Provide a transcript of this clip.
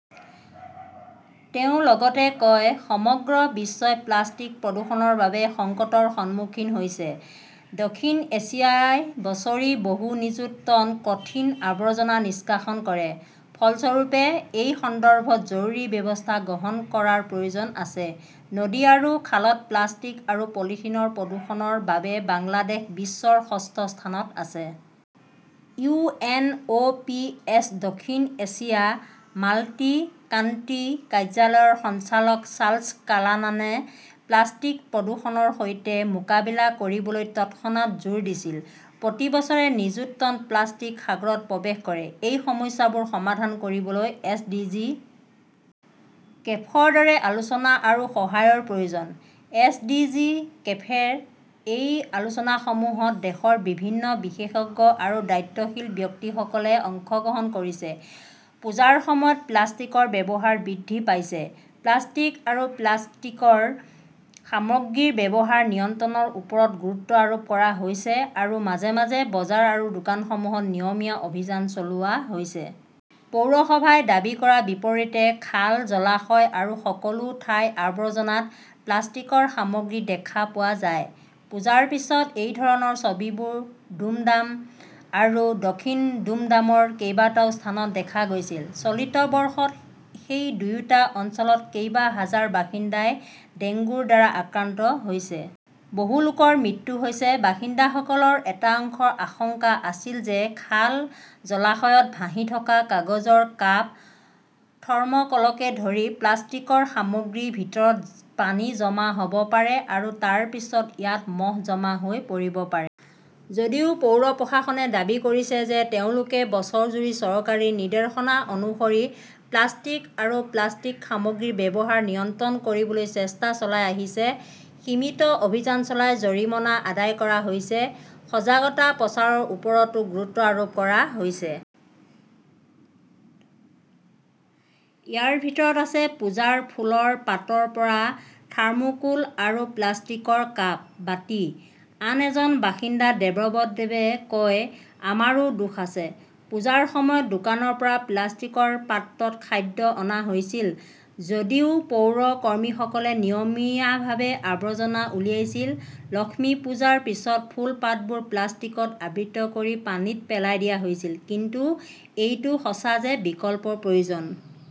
তেওঁ লগতে কয়, সমগ্ৰ বিশ্বই প্লাষ্টিক প্ৰদূষণৰ বাবে সংকটৰ সন্মুখীন হৈছে। দক্ষিণ এছিয়াই বছৰি বহু নিযুত টন কঠিন আৱৰ্জনা নিষ্কাশন কৰে। ফলস্বৰূপে, এই সন্দৰ্ভত জৰুৰী ব্যৱস্থা গ্ৰহণ কৰাৰ প্ৰয়োজন আছে। নদী আৰু খালত প্লাষ্টিক আৰু পলিথিনৰ প্ৰদূষণৰ বাবে বাংলাদেশ বিশ্বৰ ষষ্ঠ স্থানত আছে। U. N. O. P. S. দক্ষিণ এছিয়া মাল্টি-কান্ট্রী কাৰ্যালয়ৰ সঞ্চালক চাৰ্লছ কালানানে প্লাষ্টিক প্ৰদূষণৰ সৈতে মোকাবিলা কৰিবলৈ তৎক্ষণাত জোৰ দিছিল। প্ৰতি বছৰে নিযুত টন প্লাষ্টিক সাগৰত প্ৰৱেশ কৰে। এই সমস্যাবোৰ সমাধান কৰিবলৈ এছ.ডি.জি. কেফৰ দৰে আলোচনা আৰু সহায়ৰ প্ৰয়োজন। এছ. ডি. জি. কেফেৰ এই আলোচনাসমূহত দেশৰ বিভিন্ন বিশেষজ্ঞ আৰু দায়িত্বশীল ব্যক্তিসকলে অংশগ্ৰহণ কৰিছে। পূজাৰ সময়ত প্লাষ্টিকৰ ব্যৱহাৰ বৃদ্ধি পাইছে। প্লাষ্টিক আৰু প্লাষ্টিকৰ সামগ্ৰীৰ ব্যৱহাৰ নিয়ন্ত্ৰণৰ ওপৰত গুৰুত্ব আৰোপ কৰা হৈছে আৰু মাজে মাজে বজাৰ আৰু দোকানসমূহত নিয়মীয়া অভিযান চলোৱা হৈছে। পৌৰসভাই দাবী কৰাৰ বিপৰীতে খাল, জলাশয়, আৰু সকলো ঠাইৰ আৱৰ্জনাত প্লাষ্টিকৰ সামগ্ৰী দেখা পোৱা যায়। পূজাৰ পিছত, এই ধৰণৰ ছবিবোৰ দুমডাম আৰু দক্ষিণ দুমডামৰ কেইবাটাও স্থানত দেখা গৈছিল। চলিত বৰ্ষত সেই দুয়োটা অঞ্চলত কেইবা হাজাৰ বাসিন্দাই ডেংগুৰ দ্বাৰা আক্ৰান্ত হৈছে। বহু লোকৰ মৃত্যু হৈছে। বাসিন্দাসকলৰ এটা অংশৰ আশংকা আছিল যে খাল, জলাশয়ত ভাহি থকা কাগজৰ কাপ, থৰ্ম'কলকে ধৰি প্লাষ্টিকৰ সামগ্ৰীৰ ভিতৰত পানী জমা হ'ব পাৰে আৰু তাৰ পিছত ইয়াত মহ জমা হৈ পৰিব পাৰে। যদিও পৌৰ প্ৰশাসনে দাবী কৰিছে যে তেওঁলোকে বছৰজুৰি চৰকাৰী নিৰ্দেশনা অনুসৰি প্লাষ্টিক আৰু প্লাষ্টিক সামগ্ৰীৰ ব্যৱহাৰ নিয়ন্ত্ৰণ কৰিবলৈ চেষ্টা চলাই আহিছে। সীমিত অভিযান চলাই জৰিমনা আদায় কৰা হৈছে। সজাগতা প্ৰচাৰৰ ওপৰতো গুৰুত্ব আৰোপ কৰা হৈছে। ইয়াৰ ভিতৰত আছে পূজাৰ ফুলৰ পাতৰ পৰা থাৰ্মোকোল আৰু প্লাষ্টিকৰ কাপ, বাটি। আন এজন বাসিন্দা দেৱব্ৰত দেয়ে কয়, "আমাৰো দোষ আছে। পূজাৰ সময়ত দোকানৰ পৰা প্লাষ্টিকৰ পাত্ৰত খাদ্য অনা হৈছিল। যদিও পৌৰ কৰ্মচাৰীসকলে নিয়মীয়াভাৱে আৱৰ্জনা উলিয়াইছিল, লক্ষ্মী পূজাৰ পিছত ফুল-পাতবোৰ প্লাষ্টিকত আবৃত কৰি পানীত পেলাই দিয়া হৈছিল। কিন্তু এইটো সঁচা যে বিকল্পৰ প্ৰয়োজন"।